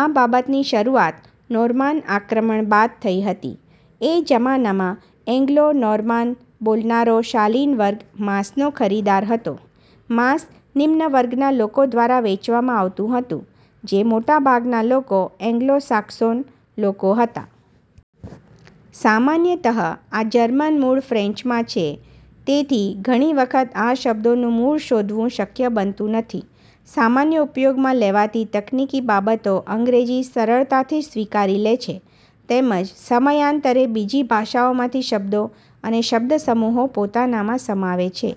આ બાબતની શરૂઆત નોર્માન આક્રમણ બાદ થઇ હતી. એ જમાનામાં એન્ગ્લો-નોર્માન બોલનારો શાલિન વર્ગ માંસનો ખરીદાર હતો. માંસ નિમ્ન વર્ગના લોકો દ્વારા વેચવામાં આવતું હતું. જે મોટા ભાગના લોકો એન્ગ્લો સાક્સોન લોકો હતા. સામાન્યતઃ આ જર્મન મૂળ ફ્રેન્ચમાં છે તેથી ઘણી વખત આ શબ્દોનું મૂળ શોધવું શક્ય બનતું નથી. સામાન્ય ઉપયોગમાં લેવાતી તકનિકી બાબતો અંગ્રેજી સરળતાથી સ્વીકારી લે છે. તેમજ સમયાંતરે બીજી ભાષાઓમાંથી શબ્દો અને શબ્દ સમૂહો પોતાનામાં સમાવે છે.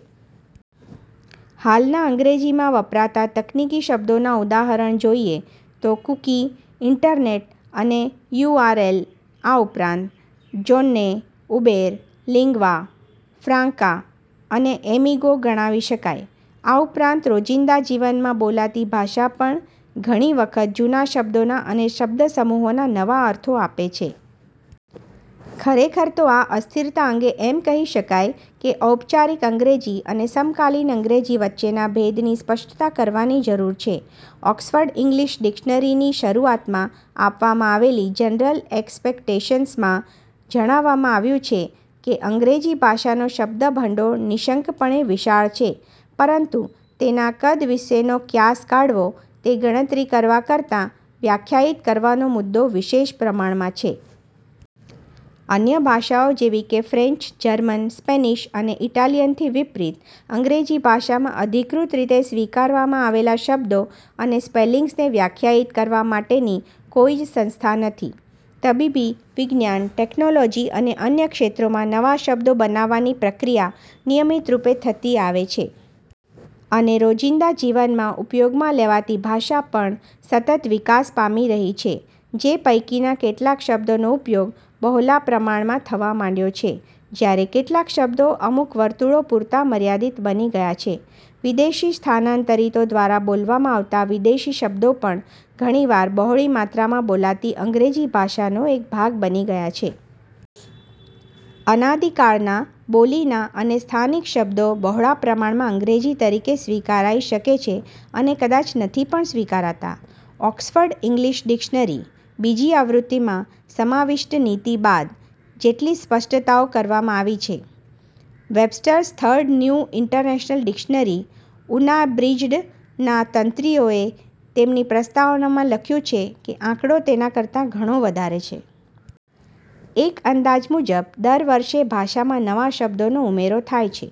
હાલના અંગ્રેજીમાં વપરાતા તકનિકી શબ્દોનાં ઉદાહરણ જોઇએ તો કૂકી, ઇન્ટરનેટ અને યુઆરએલ આ ઉપરાંત જોન્રે, ઉબેર, લિન્ગ્વા ફ્રાન્કા અને એમિગો ગણાવી શકાય આ ઉપરાંત રોજિંદા જીવનમાં બોલાતી ભાષા પણ ઘણી વખત જૂના શબ્દોના અને શબ્દ સમૂહોના નવા અર્થો આપે છે. ખરેખર તો આ અસ્થિરતા અંગે એમ કહી શકાય કે ઔપચારિક અંગ્રેજી અને સમકાલિન અંગ્રેજી વચ્ચેના ભેદની સ્પષ્ટતા કરવાની જરૂર છે. ઓક્સફર્ડ ઇન્ગલિશ ડિક્શનરી ની શરૂઆતમાં આપવામાં આવેલી જનરલ એક્સપેક્ટેશન્સ માં ઝણાવવામાં આવ્યું છે કે: અંગ્રેજી ભાષાનો શબ્દભંડોળ નિઃશંકપણે વિશાળ છે પરંતુ તેના કદ વિશેનો ક્યાસ કાઢવો તે ગણતરી કરવા કરતાં વ્યાખ્યાયિત કરવાનો મુદ્દો વિશેષ પ્રમાણમાં છે. અન્ય ભાષાઓ જેવી કે ફ્રેન્ચ, જર્મન, સ્પેનિશ, અને ઇટાલિયન થી વિપરીત અંગ્રેજી ભાષામાં અધિકૃત રીતે સ્વીકારવામાં આવેલા શબ્દો અને સ્પેલિંગ્સને વ્યાખ્યાયિત કરવા માટેની કોઇ જ સંસ્થા નથી. તબીબી, વિજ્ઞાન, ટેકનોલોજી અને અન્ય ક્ષેત્રોમાં નવા શબ્દો બનાવવાની પ્રક્રિયા નિયમિતરૂપે થતી આવે છે. અને રોજિંદા જીવનમાં ઉપયોગમાં લેવાતી ભાષા પણ સતત વિકાસ પામી રહી છે. જે પૈકીના કેટલાક શબ્દોનો ઉપયોગ બહોલા પ્રમાણમાં થવા માંડ્યો છે; જ્યારે કેટલાક શબ્દો અમુક વર્તુળો પૂરતા મર્યાદિત બની ગયા છે. વિદેશી સ્થાનાંતરિતો દ્વારા બોલવામાં આવતા વિદેશી શબ્દો પણ ઘણી વખત બહોળી માત્રામાં બોલાતી અંગ્રેજી ભાષાનો એક ભાગ બની ગયા છે. અનાદિકાળના, બોલીના અને સ્થાનિક શબ્દો બહોળા પ્રમાણમાં "અંગ્રેજી" તરીકે સ્વીકારાઇ શકે છે અને કદાચ નથી પણ સ્વીકારાતા. ઓક્સફર્ડ ઇન્ગલિશ ડિક્શનરી, બીજી આવૃત્તિ માં સમાવિષ્ટ નીતિ બાદ જેટલી સ્પષ્ટતાઓ કરવામાં આવી છે. Webster's Third New International Dictionary, Unabridged ના તંત્રીઓએ તેમની પ્રસ્તાવનામાં લખ્યું છે કે આંકડો તેના કરતાં ઘણો વધારે છે. એક અંદાજ મુજબ દર વર્ષે ભાષામાં નવા શબ્દોનો ઉમેરો થાય છે.